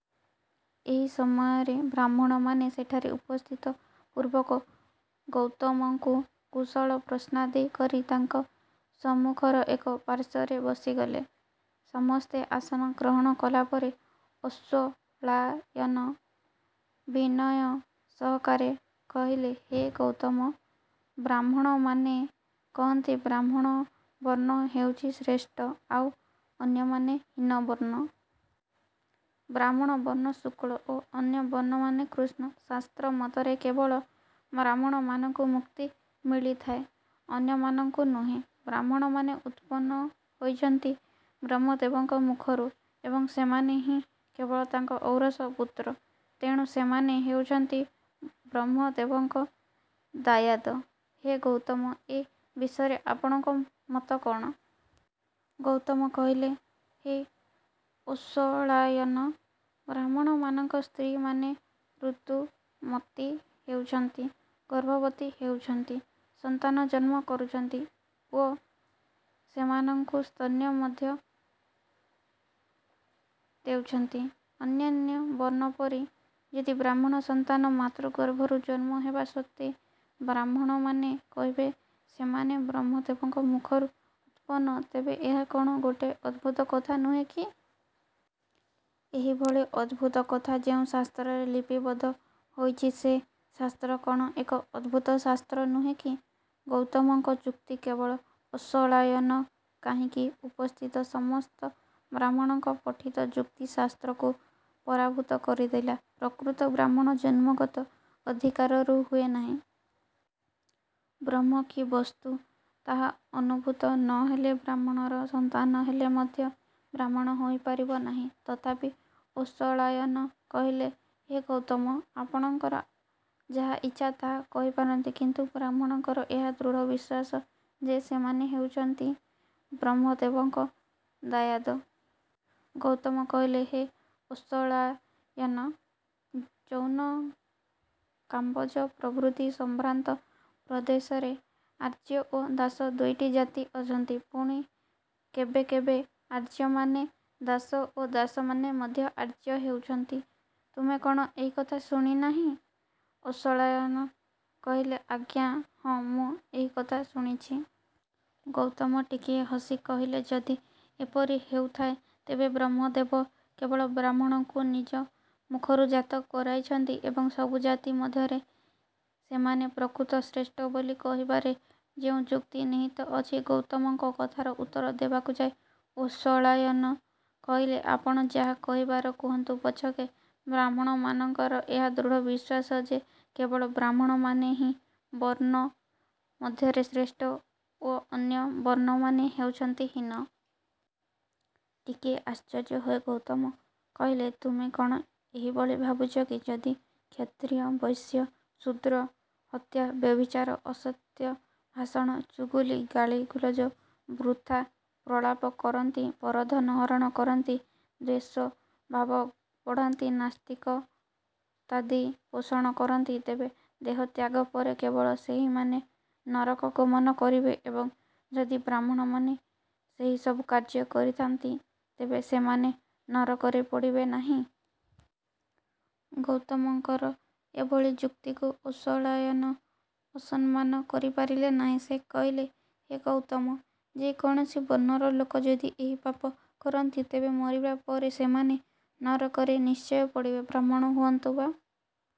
ଏହି ସମୟରେ ବ୍ରାହ୍ମଣମାନେ ସେଠାରେ ଉପସ୍ଥିତ ପୂର୍ବକ ଗୌତମଙ୍କୁ କୁଶଳ ପ୍ରଶ୍ନାଦି କରି ତାଙ୍କ ସମ୍ମୁଖର ଏକ ପାର୍ଶ୍ୱରେ ବସିଗଲେ। ସମସ୍ତେ ଆସନ ଗ୍ରହଣ କଲାପରେ ଅଶ୍ୱଳାୟନ ବିନୟ ସହକାରେ କହିଲେ, ହେ ଗୌତମ! ବ୍ରାହ୍ମଣମାନେ କହନ୍ତି ବ୍ରାହ୍ମଣ ବର୍ଣ୍ଣ ହେଉଛି ଶ୍ରେଷ୍ଠ ଆଉ ଅନ୍ୟମାନେ ହୀନବର୍ଣ୍ଣ। ବ୍ରାହ୍ମଣ ବର୍ଣ୍ଣ ଶୁକ୍ଳ ଓ ଅନ୍ୟ ବର୍ଣ୍ଣମାନେ କୃଷ୍ଣ। ଶାସ୍ତ୍ର ମତରେ କେବଳ ବ୍ରାହ୍ମଣମାନଙ୍କୁ ମୁକ୍ତି ମିଳିଥାଏ, ଅନ୍ୟମାନଙ୍କୁ ନୁହେଁ। ବ୍ରାହ୍ମଣମାନେ ଉତ୍ପନ୍ନ ହୋଇଛନ୍ତି ବ୍ରହ୍ମଦେବଙ୍କ ମୁଖରୁ ଏବଂ ସେମାନେ ହିଁ କେବଳ ତାଙ୍କ ଔରସ ପୁତ୍ର, ତେଣୁ ସେମାନେ ହେଉଛନ୍ତି ବ୍ରହ୍ମଦେବଙ୍କ ଦାୟାଦ। ହେ ଗୌତମ ଏ ବିଷୟରେ ଆପଣଙ୍କ ମତ କ'ଣ? ଗୌତମ କହିଲେ, ହେ ଅଶ୍ୱଳାୟନ! ବ୍ରାହ୍ମଣମାନଙ୍କ ସ୍ତ୍ରୀମାନେ ଋତୁମତି ହେଉଛନ୍ତି, ଗର୍ଭବତୀ ହେଉଛନ୍ତି, ସନ୍ତାନ ଜନ୍ମ କରୁଛନ୍ତି ଓ ସେମାନଙ୍କୁ ସ୍ତନ୍ୟ ମଧ୍ୟ ଦେଉଛନ୍ତି। ଅନ୍ୟାନ୍ୟ ବର୍ଣ୍ଣଙ୍କ ପରି ଯଦି ବ୍ରାହ୍ମଣ ସନ୍ତାନ ମାତୃଗର୍ଭରୁ ଜନ୍ମ ହେବା ସତ୍ତ୍ୱେ ବ୍ରାହ୍ମଣମାନେ କହିବେ ସେମାନେ ବ୍ରହ୍ମଦେବଙ୍କ ମୁଖରୁ ଉତ୍ପନ୍ନ, ତେବେ ଏହା କଣ ଗୋଟାଏ ଅଦ୍ଭୁତ କଥା ନୁହେଁ କି? ଏହିଭଳି ଅଦ୍ଭୁତକଥା ଯେଉଁ ଶାସ୍ତ୍ରରେ ଲିପିବଦ୍ଧ ହୋଇଛି ସେ ଶାସ୍ତ୍ର କଣ ଏକ ଅଦ୍ଭୁତ ଶାସ୍ତ୍ର ନୁହେଁ କି? ଗୌତମଙ୍କ ଯୁକ୍ତି କେବଳ ଅଶ୍ୱଳାୟନ କାହିଁକି ଉପସ୍ଥିତ ସମସ୍ତ ବ୍ରାହ୍ମଣଙ୍କ ପଠିତ ଯୁକ୍ତି ଶାସ୍ତ୍ରକୁ ପରାଭୂତ କରିଦେଲା। ପ୍ରକୃତ ବ୍ରାହ୍ମଣ ଜନ୍ମଗତ ଅଧିକାରରୁ ହୁଏ ନାହିଁ। ବ୍ରହ୍ମ କି ବସ୍ତୁ ତାହା ଅନୁଭୂତ ନହେଲେ ବ୍ରାହ୍ମଣର ସନ୍ତାନ ହେଲେ ମଧ୍ୟ ବ୍ରାହ୍ମଣ ହୋଇପାରିବ ନାହିଁ। ତଥାପି ଅଶ୍ୱଳାୟନ କହିଲେ, ହେ ଗୌତମ! ଆପଣଙ୍କର ଯାହା ଇଚ୍ଛା ତାହା କହିପାରନ୍ତି କିନ୍ତୁ ବ୍ରାହ୍ମଣଙ୍କର ଏହା ଦୃଢ଼ ବିଶ୍ୱାସ ଯେ ସେମାନେ ହେଉଛନ୍ତି ବ୍ରହ୍ମଦେବଙ୍କ ଦାୟାଦ। ଗୌତମ କହିଲେ ହେ ଅଶ୍ୱଳାୟନ! ଯୌନ, କାମ୍ୱୋଜ ପ୍ରଭୃତି ସମ୍ଭ୍ରାନ୍ତ ପ୍ରଦେଶରେ ଆର୍ଯ୍ୟ ଓ ଦାସ ଦୁଇଟି ଜାତି ଅଛନ୍ତି। ପୁଣି କେବେ କେବେ ଆର୍ଯ୍ୟମାନେ ଦାସ ଓ ଦାସମାନେ ମଧ୍ୟ ଆର୍ଯ୍ୟ ହେଉଛନ୍ତି। ତୁମେ କଣ ଏହିକଥା ଶୁଣିନାହିଁ? ଅଶ୍ୱଳାୟନ କହିଲେ, ଆଜ୍ଞା ହଁ ମୁଁ ଏହିକଥା ଶୁଣିଛି। ଗୌତମ ଟିକିଏ ହସି କହିଲେ, ଯଦି ଏପରି ହେଊଥାଏ, ତେବେ ବ୍ରହ୍ମଦେବ କେବଳ ବ୍ରାହ୍ମଣଙ୍କୁ ନିଜ ମୁଖରୁ ଜାତ କରାଇଛନ୍ତି ଏବଂ ସବୁ ଜାତି ମଧ୍ୟରେ ସେମାନେ ପ୍ରକୃତ ଶ୍ରେଷ୍ଠ ବୋଲି କହିବାରେ କେଉଁ ଯୁକ୍ତି ନିହିତ ଅଛି? ଗୌତମଙ୍କ କଥାର ଉତ୍ତର ଦେବାକୁ ଯାଇ ଅଶ୍ୱଳାୟନ କହିଲେ, ଆପଣ ଯାହା କହିବାର କୁହନ୍ତୁ ପଛକେ ବ୍ରାହ୍ମଣମାନଙ୍କର ଏହା ଦୃଢ଼ ବିଶ୍ୱାସ ଯେ କେବଳ ବ୍ରାହ୍ମଣହିଁ ବର୍ଣ୍ଣ ମଧ୍ୟରେ ଶ୍ରେଷ୍ଠ ଓ ଅନ୍ୟ ବର୍ଣ୍ଣମାନେ ହେଉଛନ୍ତି ହୀନ। ଟିକିଏ ଆଶ୍ଚର୍ଯ୍ୟ ହୋଇ ଗୌତମ କହିଲେ, ତୁମେ କଣ ଏହିଭଳି ଭାବୁଛ କି-ଯଦି କ୍ଷତ୍ରୀୟ, ବୈଶ୍ୟ, ଶୂଦ୍ର, ହତ୍ୟା, ବ୍ୟଭିଚାର, ଅସତ୍ୟ ଭାଷଣ, ଚୁଗୁଲି ଗାଳି, ଗୁଳଜ ବୃଥାପ୍ରଳାପ କରନ୍ତି, ପରଧନ ହରଣ କରନ୍ତି, ଦ୍ୱେଷଭାବ ବଢ଼ାନ୍ତି, ନାସ୍ତିକତାଦି ପୋଷଣ କରନ୍ତି ତେବେ ଦେହତ୍ୟାଗ ପରେ କେବଳ ସେହିମାନେ ନରକ ଗମନ କରିବେ ଏବଂ ଯଦି ବ୍ରାହ୍ମଣମାନେ ସେହିସବୁ କାର୍ଯ୍ୟ କରିଥାନ୍ତି ତେବେ ସେମାନେ ନରକରେ ପଡ଼ିବେ ନାହିଁ? ଗୌତମଙ୍କର ଏଭଳି ଯୁକ୍ତିକୁ ଅଶ୍ୱଳାୟନ ଅସମ୍ମାନ କରିପାରିଲେ ନାହିଁ। ସେ କହିଲେ, ହେ ଗୌତମ! ଯେ କୌଣସି ବର୍ଣ୍ଣର ଲୋକ ଯଦି ଏହି ପାପ କରନ୍ତି, ତେବେ ମରିବା ପରେ ସେମାନେ ନରକରେ ନିଶ୍ଚୟ ପଡ଼ିବେ। ବ୍ରାହ୍ମଣ ହୁଅନ୍ତୁ ବା